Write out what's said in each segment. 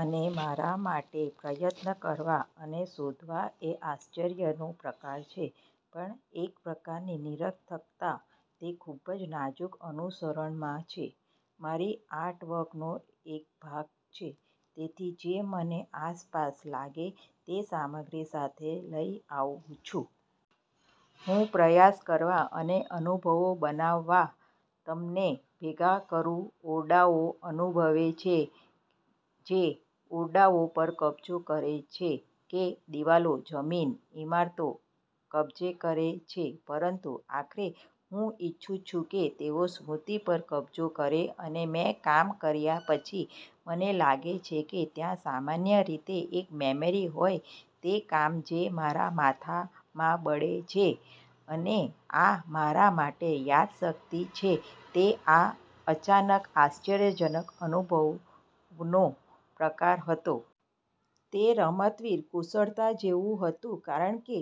અને મારા માટે, પ્રયત્ન કરવા અને શોધવા એ આશ્ચર્યનો પ્રકાર છે, પણ એક પ્રકારની નિરર્થકતા તે ખૂબ જ નાજુક અનુસરણમાં છે, મારી આર્ટ વર્કનો એક ભાગ છે. તેથી જે મને આસપાસ લાગે તે સામગ્રી સાથે લઈ આવુ છું. હું પ્રયાસ કરવા અને અનુભવો બનાવવા તેમને ભેગા કરુ ઓરડાઓ અનુભવે છે જે ઓરડાઓ પર કબજો કરે છે, કે દિવાલો, જમીન, ઇમારતો કબજે કરે છે ,પરંતુ આખરે હું ઇચ્છું છું કે તેઓ સ્મૃતિ પર કબજો કરે અને મેં કામ કર્યા પછી, મને લાગે છે કે ત્યાં સામાન્ય રીતે એક મેમરી હોય તે કામ જે મારા માથામાં બળે છે અને આ મારા માટે યાદશક્તિ છે તે આ અચાનક આશ્ચર્યજનક અનુભવનો પ્રકાર હતો. તે રમતવીર કુશળતા જેવું હતું, કારણ કે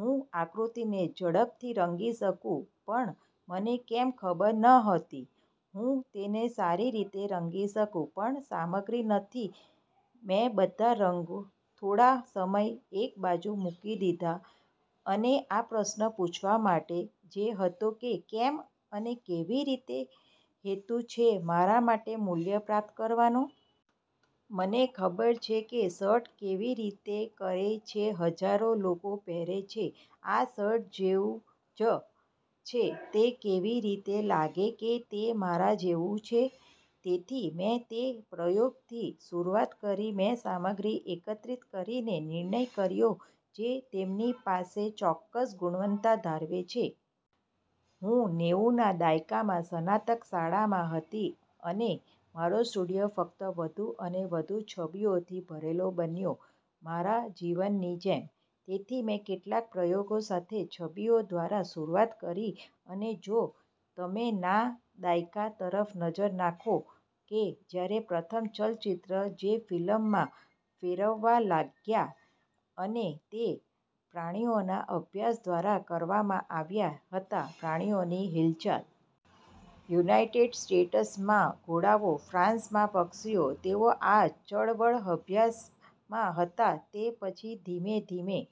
હું આકૃતિને ઝડપથી રંગી શકું, પણ મને કેમ ખબર નહોતી. હું તેને સારી રીતે રંગી શકુ પણ સામગ્રી નથી મેં બધા રંગ થોડા સમય એક બાજુ મૂકી દીધા અને આ પ્રશ્ન પૂછવા માટે, જે હતો કે "કેમ અને કેવી રીતે હેતુ છે અમારા માટે મૂલ્ય પ્રાપ્ત કરવાનો? " મને ખબર છે કે શર્ટ કેવી રીતે કરે છે હજારો લોકો પહેરે છે, આ શટૅ જેવું જ છે તે કેવી રીતે લાગે કે તે મારા જેવું છે? તેથી મેં તે પ્રયોગથી શરૂઆત કરી મેં સામગ્રી એકત્રિત કરીને નિર્ણય કર્યો જે તેમની પાસે ચોક્કસ ગુણવત્તા ધરાવે છે. હું નેવુના દાયકામાં સનાતક શાળામાં હતી અને મારો સ્ટુડિયો ફક્ત વધુ અને વધુ છબીઓથી ભરેલો બન્યો, મારા જીવનની જેમ. તેથી મેં કેટલાક પ્રયોગો સાથે છબીઓ દ્વારા શરૂઆત કરી અને જો તમે ના દાયકા તરફ નજર નાખો, કે જ્યારે પ્રથમ ચલચિત્ર છે ફિલ્મમાં ફેરવવા લાગ્યા અને તે પ્રાણીઓના અભ્યાસ દ્વારા કરવામાં આવ્યા હતા પ્રાણીઓની હિલચાલ. યુનાઇટેડ સ્ટેટ્સમાં ઘોડાઓ, ફ્રાન્સમાં પક્ષીઓ. તેઓ આ ચળવળઅભ્યાસ માં હતા તે પછી ધીમે ધીમે